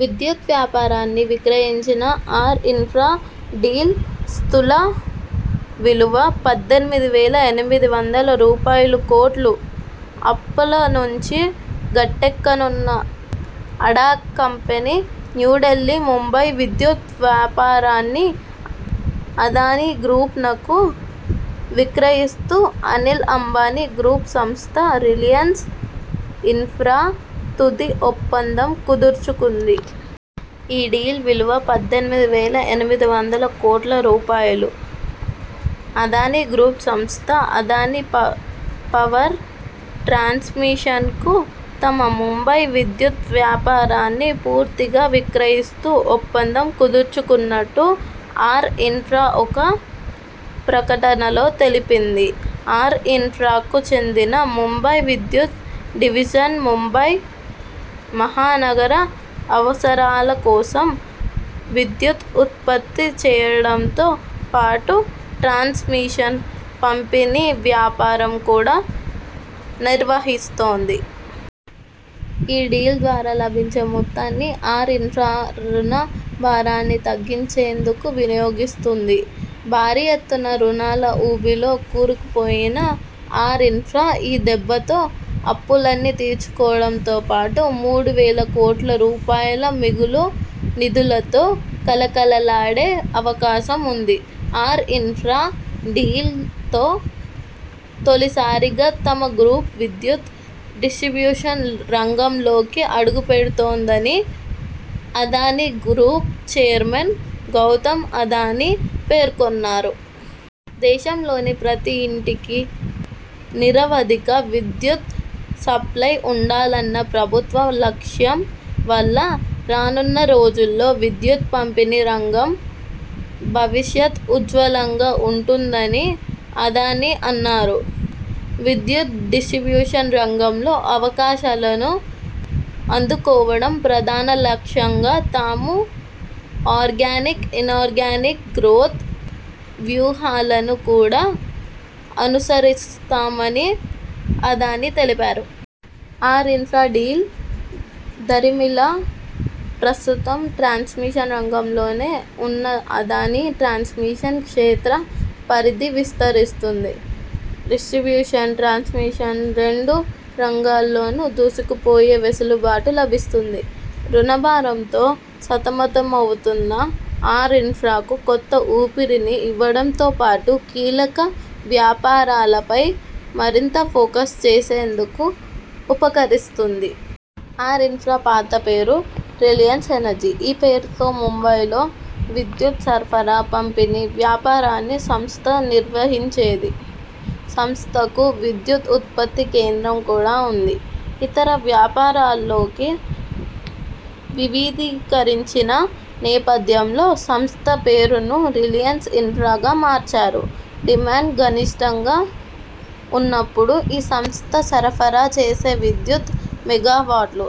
విద్యుత్ వ్యాపారాన్ని విక్రయించిన ఆర్ ఇన్ఫ్రా డీల్ స్థూల విలువ పద్దెనిమిది వేల ఎనిమిది వందల రూపాయలుకోట్లు. అప్పుల నుంచి గట్టెక్కనున్న అడాగ్ కంపెనీ న్యూఢిల్లీ ముంబై విద్యుత్ వ్యాపారాన్ని అదానీ గ్రూప్ నకు విక్రయిస్తూ అనిల్ అంబానీ గ్రూప్ సంస్థ రిలయన్స్ ఇన్ఫ్రా తుది ఒప్పందం కుదుర్చుకుంది. ఈ డీల్ విలువ పద్దెనిమిది వేల ఎనిమిది వందల కోట్ల రూపాయలు. అదానీ గ్రూప్ సంస్థ అదానీ పవర్ ట్రాన్స్మిషన్ కు తమ ముంబై విద్యుత్ వ్యాపారాన్ని పూర్తిగా విక్రయిస్తూ ఒప్పందం కుదుర్చుకున్నట్టు ఆర్ ఇన్ఫ్రా ఒక ప్రకటనలో తెలిపింది. ఆర్ ఇన్ఫ్రాకు చెందిన ముంబై విద్యుత్ డివిజన్ ముంబై మహానగర అవసరాల కోసం విద్యుత్ ఉత్పత్తి చేయడంతో పాటు ట్రాన్స్మిషన్, పంపిణీ వ్యాపారం కూడా నిర్వహిస్తోంది. ఈ డీల్ ద్వారా లభించే మొత్తాన్ని ఆర్ఇన్ఫ్రా రుణ భారాన్ని తగ్గించుకునేందుకు వినియోగిస్తుంది. భారీ ఎత్తున రుణాల ఊబిలో కూరుకుపోయిన ఆర్ఇన్ఫ్రా ఈ దెబ్బతో అప్పులన్నీ తీర్చేయడంతో పాటు మూడు వేల కోట్ల రూపాయల మిగులు నిధులతో కళకళలాడే అవకాశం ఉంది. ఆర్ ఇన్ఫ్రా డీల్ తో తొలిసారిగా తమ గ్రూప్ విద్యుత్ డిస్ట్రిబ్యూషన్ రంగంలోకి అడుగుపెడుతోందనీ అదానీ గ్రూప్ చైర్మన్ గౌతమ్ అదానీ పేర్కొన్నారు. దేశంలోని ప్రతి ఇంటికీ నిరవధిక విద్యుత్ సప్లయ్ ఉండాలన్న ప్రభుత్వ లక్ష్యం వల్ల రానున్న రోజుల్లో విద్యుత్ పంపిణీ రంగం భవిష్యత్ ఉజ్వలంగా ఉంటుందని అదానీ అన్నారు. విద్యుత్ డిస్ట్రిబ్యూషన్ రంగంలో అవకాశాలను అందుకోవడం ప్రధాన లక్ష్యంగా తాము ఆర్గానిక్, ఇనార్గానిక్ గ్రోత్ వ్యూహాలను కూడా అనుసరిస్తామని అదానీ తెలిపారు. ఆర్ఇన్ఫ్రాతో డీల్ దరిమిలా ప్రస్తుతం ట్రాన్స్మిషన్ రంగంలోనే ఉన్న అదానీ ట్రాన్స్మిషన్ క్షేత్ర పరిధి విస్తరిస్తుంది. డిస్ట్రిబ్యూషన్, ట్రాన్స్మిషన్ రెండు రంగాల్లోనూ దూసుకుపోయే వెసులుబాటు లభిస్తుంది. రుణ భారంతో సతమతమవుతున్న ఆర్ ఇన్ఫ్రాకు కొత్త ఊపిరిని ఇవ్వడంతో పాటు కీలక వ్యాపారాలపై మరింత ఫోకస్ చేసేందుకు ఉపకరిస్తుంది. ఆర్ఇన్ఫ్రా పాత పేరు రిలయన్స్ ఎనర్జీ. ఈ పేరుతోనే ముంబైలో విద్యుత్ సరఫరా, పంపిణీ వ్యాపారాన్ని సంస్థ నిర్వహించేది, సంస్థకు విద్యుత్ ఉత్పత్తి కేంద్రం కూడా ఉంది. ఇతర వ్యాపారాల్లోకి వివిధీకరించిన నేపథ్యంలో సంస్థ పేరును రిలయన్స్ ఇన్ఫ్రాగా మార్చారు. డిమాండ్ గరిష్ఠంగా ఉన్నప్పుడు ఈ సంస్థ సరఫరా చేసే విద్యుత్ మెగావాట్లు.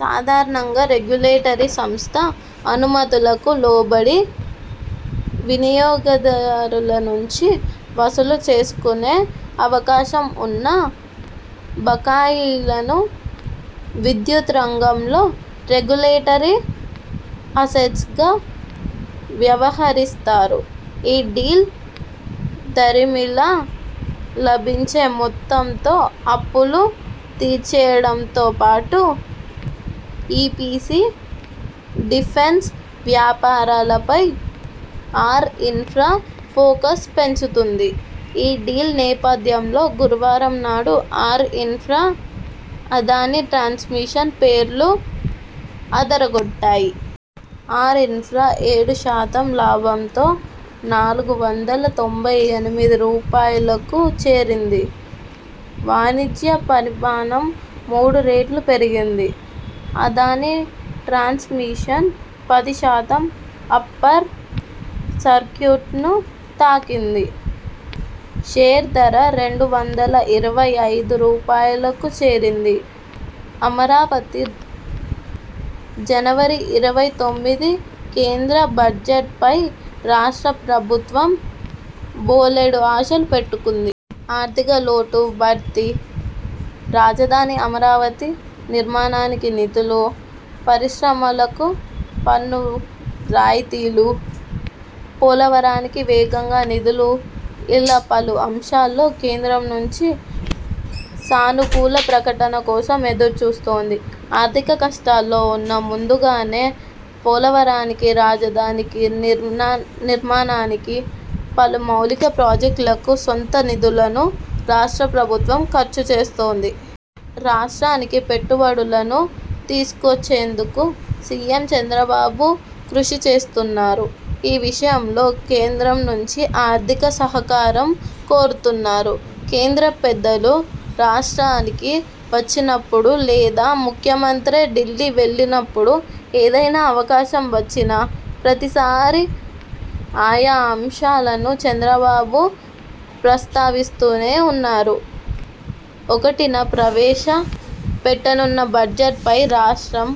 సాధారణంగా రెగ్యులేటరీ సంస్థ అనుమతులకు లోబడి వినియోగదారులనుంచి వసూలు చేసుకునే అవకాశం ఉన్న బకాయిలను విద్యుత్ రంగంలో రెగ్యులేటరీ అసెట్స్ గా వ్యవహరిస్తారు. ఈ డీల్ దరిమిలా లభించే మొత్తంతో అప్పులు తీర్చేయడంతో పాటు ఇపిసి, డిఫెన్స్ వ్యాపారాలపై ఆర్ఇన్ఫ్రా ఫోకస్ పెంచుతుంది. ఈ డీల్ నేపథ్యంలో గురువారం నాడు ఆర్ ఇన్ఫ్రా, అదానీ ట్రాన్స్మిషన్ షేర్లు అదరగొట్టాయి. ఆర్ఇన్ఫ్రా ఏడు శాతం లాభంతో నాలుగు వందల తొంభై ఎనిమిది రూపాయలకు చేరింది. వాణిజ్య పరిమాణం మూడు రెట్లు పెరిగింది. అదానీ ట్రాన్స్ మిషన్ పది శాతం అప్పర్ సర్క్యుట్ ను తాకింది. షేరు ధర రెండు వందల ఇరవై ఐదు రూపాయలకు చేరింది. అమరావతి, జనవరి ఇరవై తొమ్మిది కేంద్ర బడ్జెట్ పై రాష్ట్ర ప్రభుత్వం బోలెడు ఆశలు పెట్టుకుంది. ఆర్థిక లోటు భర్తీ, రాజధాని అమరావతి నిర్మాణానికి నిధులు, పరిశ్రమలకు పన్ను రాయితీలు, పోలవరానికి వేగంగా నిధులుఇలా పలు అంశాల్లో కేంద్రం నుంచి సానుకూల ప్రకటన కోసం ఎదురుచూస్తోంది. ఆర్థిక కష్టాల్లో ఉన్నా ముందుగానే పోలవరానికి, రాజధాని నిర్మాణానికి, పలు మౌలిక ప్రాజెక్టులకు సొంత నిధులను రాష్ట్ర ప్రభుత్వం ఖర్చు చేస్తోంది. రాష్ట్రానికి పెట్టుబడులను తీసుకొచ్చేందుకు సీఎం చంద్రబాబు కృషి చేస్తున్నారు. ఈ విషయంలో కేంద్రం నుంచీ ఆర్థిక సహకారం కోరుతున్నారు. కేంద్ర పెద్దలు రాష్ట్రానికి వచ్చినప్పుడు, లేదా ముఖ్యమంత్రే ఢిల్లీ వెళ్లినప్పుడు, ఏదైనా అవకాశం వచ్చిన ప్రతిసారీ ఆయా అంశాలను చంద్రబాబు ప్రస్తావిస్తూనే ఉన్నారు. ఒకటిన ప్రవేశ పెట్టనున్న బడ్జెట్ పై రాష్ట్రం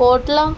'కోట్ల'